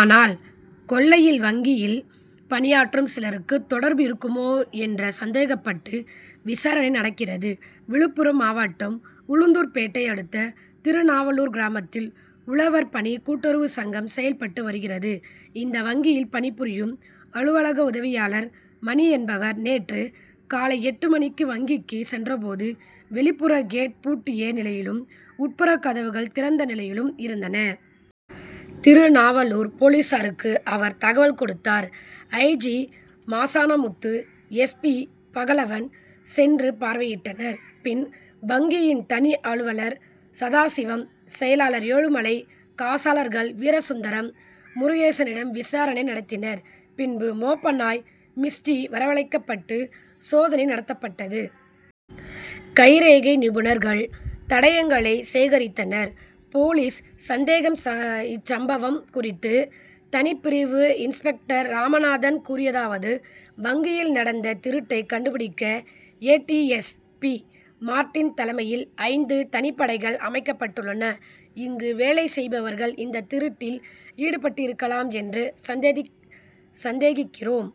ஆனால், கொள்ளையில் வங்கியில் பணியாற்றும் சிலருக்கு தொடர்பு இருக்குமோ என்று சந் தேகப்பட்டு விசாரணை நடக் கிறது. விழுப்புரம் மாவட்டம் உளுந் தூர்பேட்டை அடுத்த திருநாவலூர் கிராமத்தில் உழவர் பணி கூட்டுறவு சங்கம் செயல்பட்டு வருகிறது. இந்த வங்கியில் பணிபுரியும் அலுவலக உதவியாளர் மணி என்பவர் நேற்று காலை எட்டு மணிக்கு வங்கிக்கு சென்றபோது, வெளிப்புற கேட் பூட்டிய நிலையிலும், உட்புற கதவுகள் திறந்த நிலையிலும் இருந்தன. திருநாவலூர் போலீசாருக்கு அவர் தகவல் கொடுத்தார். I. G., Masanamuthu, S. P., Pagalavan சென்று பார்வையிட்டனர். பின், வங்கியின் தனி அலுவலர் சதாசிவம், செயலர் ஏழுமலை, காசாளர்கள் வீரசுந்தரம், முருகேசனிடம் விசாரணை நடத்தினர். பின்பு மோப்ப நாய் மிஸ்டி வரவழைக்கப்பட்டு சோதனை நடத் தப்பட்டது. கைரேகை நிபுணர் கள் தடயங்களை சேகரித்தனர். போலீஸ் சந்தேகம் இச்சம்பவம் குறித்து தனிப்பிரிவு இன்ஸ் பெக் டர் ராமநாதன் கூறியதாவது: வங்கியில் நடந்த திருட்டை கண்டுபிடிக்க A. D. S. P., Martin தலைமையில் ஐந்து தனிப்படைகள் அமைக்கப்பட்டுள்ளன. இங்கு வேலை செய்பவர்கள் இந்த திருட்டில் ஈடுபட்டிருக்கலாம் என்று சந்தேகிக்கிறோம்.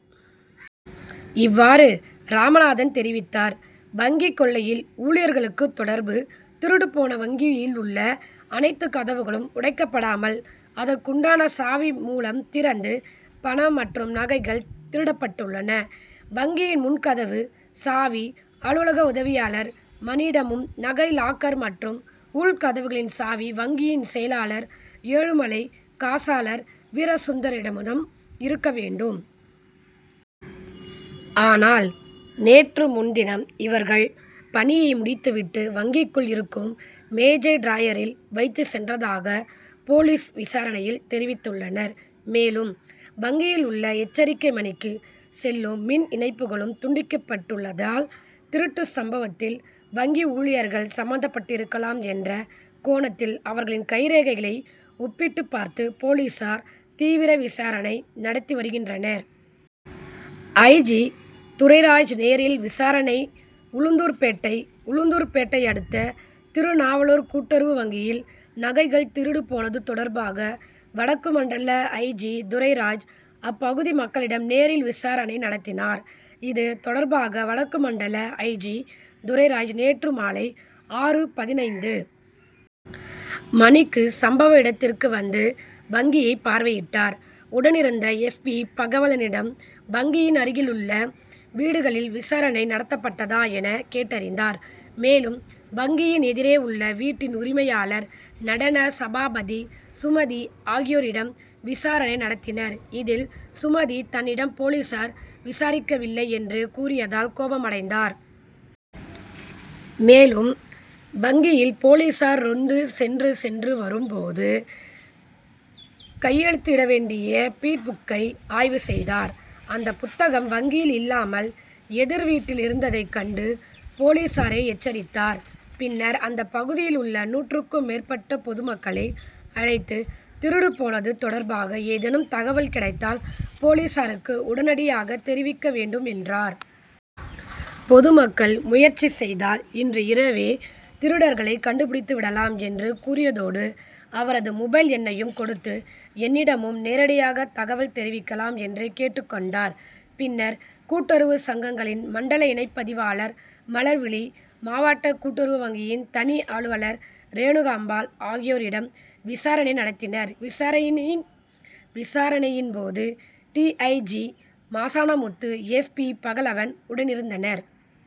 இவ் வாறு ராமநாதன் தெரிவித்தார். வங்கி கொள்ளையில் ஊழியர்களுக்கு தொடர்பு? திருடுபோன வங்கியில் உள்ள அனைத்து கதவுகளும் உடைக்கப்படாமல் அதற்குண்டான சாவி மூலம் திறந்து, பணம் மற்றும் நகைகள் திருடப்பட்டுள்ளன. வங்கியின் முன் கதவு சாவி அலுவலக உதவியாளர் மணியிடமும், நகை லாக்கர் மற்றும் உள் கதவுகளின் சாவி, வங்கியின் செயலர் ஏழுமலை, காசாளர் வீரசுந்தரத்திடம் இருக்க வேண்டும். ஆனால் நேற்று முன்தினம் இவர்கள் பணியை முடித்துவிட்டு, வங்கிக்குள் இருக்கும் மேஜை டிராயரில் வைத்துச் சென்றதாக போலீஸ் விசாரணையில் தெரிவித்துள்ளனர். மேலும், வங்கியில் உள்ள எச்சரிக்கை மணிக்கு செல்லும் மின் இணைப்புகளும் துண்டிக்கப்பட் டுள்ளதால், திருட்டு சம்பவத்தில் வங்கி ஊழியர்கள் சம்பந்தப்பட்டிருக்கலாம் என்ற கோணத் தில், அவர்களின் கைரேகைகளை ஒப்பிட்டுப் பார்த்து போலீசார் தீவிர விசாரணை நடத்தி வருகின்றனர். ஐ. ஜி., துரைராஜ் நேரில் விசாரணை உளுந்தூர்பேட்டை உளுந்தூர்பேட்டை அடுத்த திருநாவலூர் கூட்டுறவு வங்கியில் நகைகள் திருடு போனது தொடர்பாக வடக்கு மண்டல ஐ. ஜி., துரைராஜ் அப்பகுதி மக்களிடம் நேரில் விசாரணை நடத்தினார். இது தொடர்பாக வடக்கு மண்டல ஐ. ஜி., துரைராஜ் நேற்று மாலை ஆறு.பதினைந்து மணிக்கு சம்பவ இடத் திற்கு வந்து வங்கியை பார்வையிட்டார். உடனிருந்த எஸ். பி. பகவலனிடம் வங்கியின் அருகிலுள்ள வீடுகளில் விசாரணை நடத்தப்பட்டதா என கேட்டறிந்தார். மேலும் வங்கியின் எதிரே உள்ள வீட்டின் உரிமையாளர் நடன சபாபதி, சுமதி ஆகியோரிடம் விசாரணை நடத்தினார். இதில் சுமதி தன்னிடம் போலீசார் விசாரிக்கவில்லை என்று கூறியதால் கோபமடைந்தார். மேலும் வங்கியில் போலீசார் ரோந்து சென்று சென்று வரும் போது கையெழுத்து இடவேண்டிய பீட் புக்கை ஆய்வு செய்தார். அந்த புத்தகம் வங்கியில் இல்லாமல் எதிர் வீட்டில் இருந்ததை கண்டு போலீசாரை எச்சரித்தார். பின்னர் அந்தப் பகுதியிலுள்ள நூற்றுக்கும் மேற்பட்ட பொது மக்களை அழைத்து திருடு போனது தொடர் பாக ஏதேனும் தகவல் கிடைத்தால் போலீசாருக்கு உடனடியாக தெரிவிக்க வேண்டும் என்றார். பொதுமக்கள் முயற்சி செய்தால் இன்று இரவே திருடர்களை கண்டுபிடித்து விடலாம் என்று கூறியதோடு, அவரது மொபைல் எண்ணையும் கொடுத்து என்னிடமும் நேரடியாக தகவல் தெரிவிக்கலாம் என்று கேட்டுக் கொண்டார். பின்னர் கூட்டுறவு சங்கங்களின் மண்டல இணைப்பதிவாளர் மலர் விழி, மாவட்ட கூட்டுறவு வங்கியின் தனி அலுவலர் ரேணுகாம்பாள் ஆகியோரிடம் விசாரணை நடத்தினார். விசாரணையின் போது டி. ஐ. G., Masanamuthu, S. பி.பகலவன் உடனிருந்தனர்.